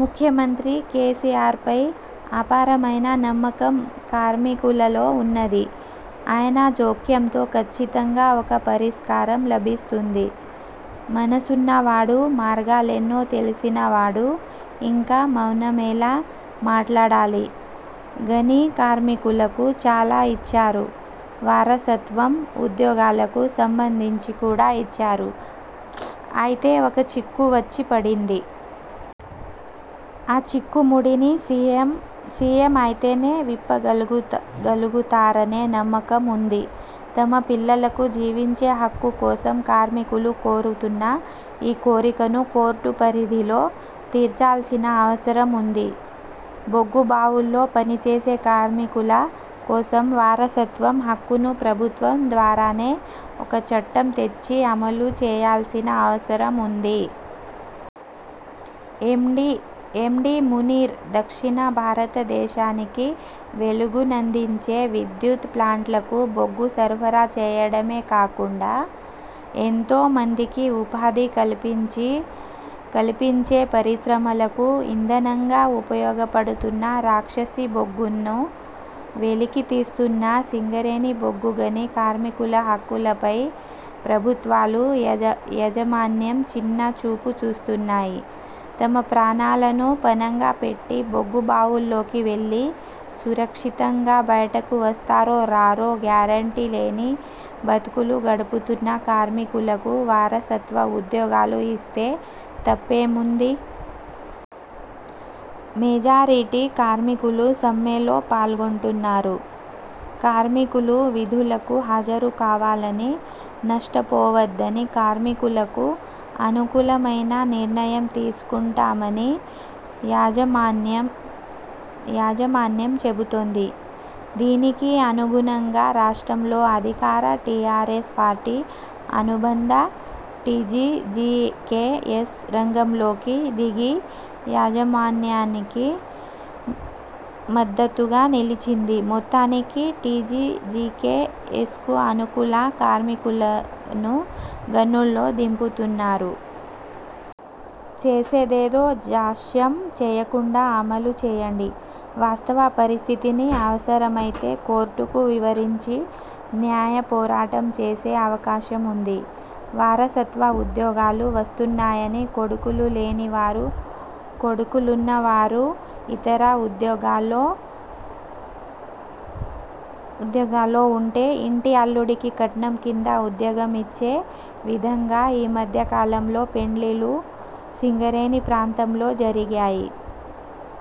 ముఖ్యమంత్రి కేసీఆర్పై అపారమైన నమ్మకం కార్మికులలో ఉన్నది. ఆయన జోక్యంతో ఖచ్చితంగా ఒక పరిష్కారం లభిస్తుంది. మనసున్నవాడు మార్గాలెన్నో తెలిసిన వాడు, ఇంకా మౌనమేలా? మాట్లాడాలి. గని కార్మికులకు చాలా ఇచ్చారు. వారసత్వ ఉద్యోగాలకు సంబంధించి కూడా ఇచ్చారు. అయితే ఒక చిక్కు వచ్చి పడింది. ఆ చిక్కుముడిని సీఎం అయితేనే విప్పగలుగుతారనే నమ్మకం ఉంది. తమ పిల్లలకు జీవించే హక్కు కోసం కార్మికులు కోరుతున్న ఈ కోరికను కోర్టు పరిధిలో తీర్చాల్సిన అవసరం ఉంది. బొగ్గుబావుల్లో పనిచేసే కార్మికుల కోసం వారసత్వ హక్కును ప్రభుత్వం ద్వారానే ఒక చట్టం తెచ్చి అమలుచేయాల్సిన అవసరం ఉంది. ఎండీ. మునీర్ దక్షిణ భారతదేశానికి వెలుగునందించే విద్యుత్ ప్లాంట్లకు బొగ్గు సరఫరా చేయడమే కాకుండా, ఎంతో మందికి ఉపాధి కల్పించే పరిశ్రమలకు ఇంధనంగా ఉపయోగపడుతున్న రాక్షసి బొగ్గును వెలికితీస్తున్న సింగరేణి బొగ్గుగని కార్మికుల హక్కులపై ప్రభుత్వాలు, యాజమాన్యం చిన్నచూపు చూస్తున్నాయి. తమ ప్రాణాలను పణంగా పెట్టి బొగ్గుబావుల్లోకి వెళ్ళి సురక్షితంగా బయటకు వస్తారో రారో గ్యారంటీ లేని బతుకులు గడుపుతున్న కార్మికులకు వారసత్వ ఉద్యోగాలు ఇస్తే తప్పేముంది? మెజారిటీ కార్మికులు సమ్మెలో పాల్గొంటున్నారు. కార్మికులు విధులకు హాజరు కావాలని, నష్టపోవద్దని, కార్మికులకు అనుకూలమైన నిర్ణయం తీసుకుంటామని యాజ మాన్యం చెబుతోంది. దీనికి అనుగుణంగా రాష్ట్రంలో అధికార టీఆర్ఎస్ పార్టీ అనుబంధ టీబీజీకేఎస్ రంగంలోకి దిగి యాజమాన్యానికి మద్దతుగా నిలిచింది. మొత్తానికి టీబీజీకేఎస్కు అనుకూల కార్మికులను గనుల్లో దింపుతున్నారు. చేసేదేదో జాప్యం చేయకుండా అమలు చేయండి. వాస్తవ పరిస్థితిని అవసరమైతే కోర్టుకు వివరించి న్యాయపోరాటం చేసే అవకాశం ఉంది. వారసత్వ ఉద్యోగాలు వస్తున్నాయని కొడుకులు లేని వారు, కొడుకులున్నా వారు ఇతర ఉద్యోగాల్లో ఉంటే, ఇంటి అల్లుడికి కట్నం కింద ఉద్యోగమిచ్చే విధంగా ఈ మధ్యకాలంలో పెండ్లిళ్ళు సింగరేణి ప్రాంతంలో జరిగాయి.